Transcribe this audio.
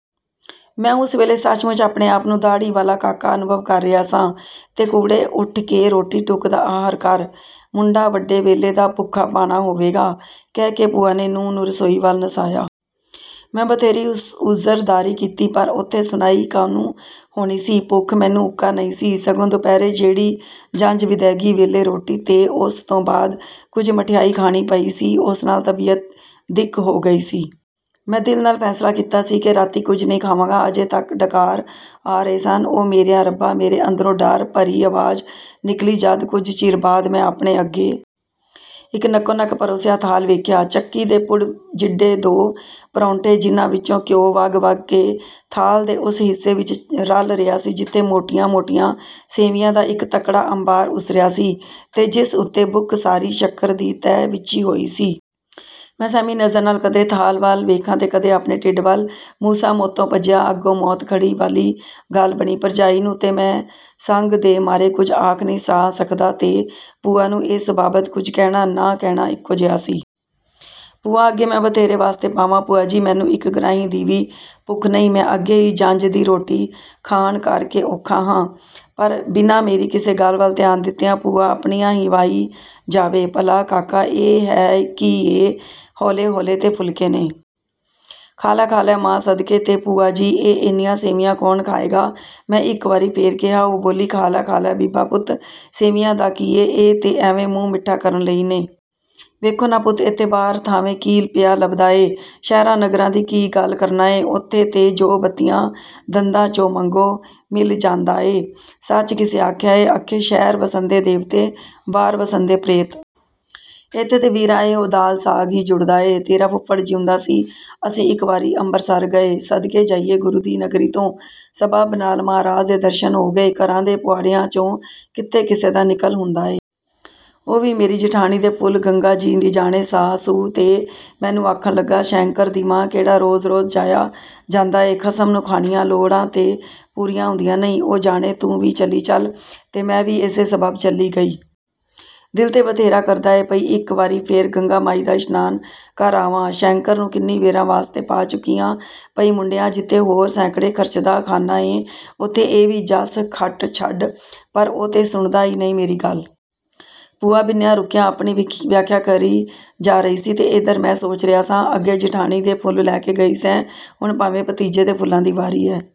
" ਮੈਂ ਉਸ ਵੇਲੇ ਸੱਚ ਮੁੱਚ ਆਪਣੇ ਆਪ ਨੂੰ ਦਾਹੜੀ ਵਾਲਾ ਕਾਕਾ ਅਨੁਭਵ ਕਰ ਰਿਹਾ ਸਾਂ। "ਤੇ ਕੁੜੇ ਉਠ ਕੇ ਰੋਟੀ ਟੁਕ ਦਾ ਆਹਰ ਕਰ। ਮੁੰਡਾ ਵੱਡੇ ਵੇਲੇ ਦਾ ਭੁੱਖਾ ਭਾਣਾ ਹੋਵੇਗਾ। " ਕਹਿ ਕੇ ਭੂਆ ਨੇ ਨੂੰਹ ਨੂੰ ਰਸੋਈ ਵੱਲ ਨਸਾਇਆ। ਮੈਂ ਬਥੇਰੀ ਉਜ਼ਰਦਾਰੀ ਕੀਤੀ, ਪਰ ਉਥੇ ਸੁਣਾਈ ਕਾਹਨੂੰ ਹੋਣੀ ਸੀ। ਭੁੱਖ ਮੈਨੂੰ ਉੱਕਾ ਨਹੀਂ ਸੀ, ਸਗੋਂ ਦੁਪਹਿਰੇ ਜਿਹੜੀ ਜੰਞ ਵਿਦੈਗੀ ਵੇਲੇ ਰੋਟੀ ਤੇ ਉਸ ਤੋਂ ਬਾਅਦ ਕੁਝ ਮਠਿਆਈ ਖਾਣੀ ਪਈ ਸੀ, ਉਸ ਨਾਲ ਤਬੀਅਤ ਦਿਕ ਹੋ ਗਈ ਸੀ। ਮੈਂ ਦਿਲ ਨਾਲ ਫੈਸਲਾ ਕੀਤਾ ਸੀ ਕਿ ਰਾਤੀਂ ਕੁਝ ਨਹੀਂ ਖਾਵਾਂਗਾ। ਅਜੇ ਤੱਕ ਡਕਾਰ ਆ ਰਹੇ ਸਨ। "ਓ ਮੇਰਿਆ ਰੱਬਾ" ਮੇਰੇ ਅੰਦਰੋਂ ਡਰ ਭਰੀ ਆਵਾਜ਼ ਨਿਕਲੀ, ਜਦ ਕੁਝ ਚਿਰ ਬਾਅਦ ਮੈਂ ਆਪਣੇ ਅੱਗੇ ਇਕ ਨੱਕੋ ਨੱਕ ਪਰੋਸਿਆ ਥਾਲ ਵੇਖਿਆ, ਚੱਕੀ ਦੇ ਪੁੜ ਜਿੱਡੇ ਦੋ ਪਰੌਂਠੇ ਜਿਨ੍ਹਾਂ ਵਿਚੋਂ ਘਿਉ ਵਗ ਵਗ ਕੇ ਥਾਲ ਦੇ ਉਸ ਹਿੱਸੇ ਵਿਚ ਰਲ ਰਿਹਾ ਸੀ ਜਿਥੇ ਮੋਟੀਆਂ ਮੋਟੀਆਂ ਸੇਵੀਆਂ ਦਾ ਇਕ ਤਕੜਾ ਅੰਬਾਰ ਉਸਰਿਆ ਸੀ, ਤੇ ਜਿਸ ਉਤੇ ਬੁੱਕ ਸਾਰੀ ਸ਼ੱਕਰ ਦੀ ਤਹਿ ਵਿਛੀ ਹੋਈ ਸੀ। ਮੈਂ ਸਹਿਮੀ ਨਜ਼ਰ ਨਾਲ ਕਦੇ ਥਾਲ ਵੱਲ ਵੇਖਾਂ ਤੇ ਕਦੇ ਆਪਣੇ ਢਿੱਡ ਵੱਲ। "ਮੂਸਾ ਮੌਤੋਂ ਭੱਜਿਆ, ਅੱਗੋਂ ਮੌਤ ਖੜੀ" ਵਾਲੀ ਗੱਲ ਬਣੀ। ਭਰਜਾਈ ਨੂੰ ਤੇ ਮੈਂ ਸੰਗ ਦੇ ਮਾਰੇ ਕੁਝ ਆਖ ਨਹੀਂ ਸਾਂ ਸਕਦਾ, ਤੇ ਭੂਆ ਨੂੰ ਏਸ ਬਾਬਤ ਕੁਝ ਕਹਿਣਾ, ਨਾ ਕਹਿਣਾ ਇਕੋ ਜਿਹਾ ਸੀ। ਭੂਆ ਅੱਗੇ ਮੈਂ ਬਥੇਰੇ ਵਾਸਤੇ ਪਾਵਾਂ, "ਭੂਆ ਜੀ, ਮੈਨੂੰ ਇਕ ਗਰਾਹੀ ਦੀ ਵੀ ਭੁੱਖ ਨਹੀਂ, ਮੈਂ ਅੱਗੇ ਹੀ ਜੰਞ ਦੀ ਰੋਟੀ ਖਾਣ ਕਰ ਕੇ ਔਖਾ ਹਾਂ", ਪਰ ਬਿਨਾਂ ਮੇਰੀ ਕਿਸੇ ਗੱਲ ਵੱਲ ਧਿਆਨ ਦਿੱਤਿਆਂ ਭੂਆ ਆਪਣੀਆਂ ਹੀ ਵਾਹੀ ਜਾਵੇ, "ਭਲਾ ਕਾਕਾ, ਇਹ ਹੈ ਕੀ ਏ, ਹੌਲੇ ਹੌਲੇ ਤੇ ਫੁਲਕੇ ਨੇ। ਖਾ ਲੈ, ਖਾ ਲੈ ਮਾਂ ਸਦਕੇ। " "ਤੇ ਭੂਆ ਜੀ, ਇਹ ਏਨੀਆਂ ਸੇਵੀਆਂ ਕੌਣ ਖਾਏਗਾ? " ਮੈਂ ਇਕ ਵਾਰੀ ਫੇਰ ਕਿਹਾ। ਉਹ ਬੋਲੀ, "ਖਾ ਲੈ, ਖਾ ਲੈ, ਬੀਬਾ ਪੁੱਤ। ਸੇਵੀਆਂ ਦਾ ਕੀ ਏ, ਇਹ ਤੇ ਐਵੇਂ ਮੂੰਹ ਮਿੱਠਾ ਕਰਨ ਲਈ ਨੇ। ਵੇਖੇਂ ਨਾ ਪੁੱਤ, ਏਥੇ ਬਾਹਰ ਥਾਵੇਂ ਕੀ ਪਿਆ ਲੱਭਦਾ ਏ। ਸ਼ਹਿਰਾਂ ਨਗਰਾਂ ਦੀ ਕੀ ਗੱਲ ਕਰਨਾ ਏ, ਉਥੇ ਤੇ ਜੋ ਬੱਤੀਆਂ ਦੰਦਾਂ 'ਚੋਂ ਮੰਗੋ, ਮਿਲ ਜਾਂਦਾ ਏ। ਸੱਚ ਕਿਸੇ ਆਖਿਆ ਏ, ਅਖੇ 'ਸ਼ਹਿਰ ਵਸੰਦੇ ਦੇਵਤੇ ਬਾਹਰ ਵਸੰਦੇ ਪ੍ਰੇਤ'। ਏਥੇ ਤੇ ਵੀਰਾ ਇਹੋ ਦਾਲ ਸਾਗ ਈ ਜੁੜਦਾ ਏ। ਤੇਰਾ ਫੁਫੜ ਜਿਊਂਦਾ ਸੀ, ਅਸੀਂ ਇਕ ਵਾਰੀ ਅੰਬਰਸਰ ਗਏ। ਸਦਕੇ ਜਾਈਏ ਗੁਰੂ ਦੀ ਨਗਰੀ ਤੋਂ। ਸਬੱਬ ਨਾਲ ਮਹਾਰਾਜ ਦੇ ਦਰਸ਼ਨ ਹੋ ਗਏ, ਘਰਾਂ ਦੇ ਪੁਆੜਿਆਂ 'ਚੋਂ ਕਿਥੇ ਕਿਸੇ ਦਾ ਨਿਕਲ ਹੁੰਦਾ ਏ। ਉਹ ਵੀ ਮੇਰੀ ਜਠਾਣੀ ਦੇ ਫੁੱਲ ਗੰਗਾ ਜੀ ਲਿਜਾਣੇ ਸਾ ਸੂ, ਤੇ ਮੈਨੂੰ ਆਖਣ ਲੱਗਾ, 'ਸ਼ੈਂਕਰ ਦੀ ਮਾਂ, ਕਿਹੜਾ ਰੋਜ਼ ਰੋਜ਼ ਜਾਇਆ ਜਾਂਦਾ ਏ, ਖਸਮ ਨੂੰ ਖਾਣੀਆਂ ਲੋੜਾਂ ਤੇ ਪੂਰੀਆਂ ਹੁੰਦੀਆਂ ਨਹੀਂ, ਉਹ ਜਾਣੇ ਤੂੰ ਵੀ ਚਲੀ ਚੱਲ', ਤੇ ਮੈਂ ਵੀ ਇਸੇ ਸਬੱਬ ਚਲੀ ਗਈ। ਦਿਲ ਤੇ ਬਥੇਰਾ ਕਰਦਾ ਏ ਪਈ ਇਕ ਵਾਰੀ ਫੇਰ ਗੰਗਾ ਮਾਈ ਦਾ ਇਸ਼ਨਾਨ ਕਰ ਆਵਾਂ, ਸ਼ੈਂਕਰ ਨੂੰ ਕਿੰਨੀ ਵੇਰਾਂ ਵਾਸਤੇ ਪਾ ਚੁੱਕੀ ਆਂ, ਪਈ ਮੁੰਡਿਆ ਜਿਥੇ ਹੋਰ ਸੈਂਕੜੇ ਖਰਚਦਾ ਖਾਨਾ ਏਂ, ਉਥੇ ਇਹ ਵੀ ਜੱਸ ਖੱਟ ਛੱਡ, ਪਰ ਉਹ ਤੇ ਸੁਣਦਾ ਈ ਨਹੀਂ ਮੇਰੀ ਗੱਲ। " ਭੂਆ ਬਿਨਾਂ ਰੁਕਿਆ ਆਪਣੀ ਵਿਆਖਿਆ ਕਰੀ ਜਾ ਰਹੀ ਸੀ, ਤੇ ਏਧਰ ਮੈਂ ਸੋਚ ਰਿਹਾ ਸਾਂ, "ਅੱਗੇ ਜਿਠਾਣੀ ਦੇ ਫੁੱਲ ਲੈ ਕੇ ਗਈ ਸੈਂ, ਹੁਣ ਭਾਵੇਂ ਭਤੀਜੇ ਦੇ ਫੁੱਲਾਂ ਦੀ ਵਾਰੀ ਹੈ।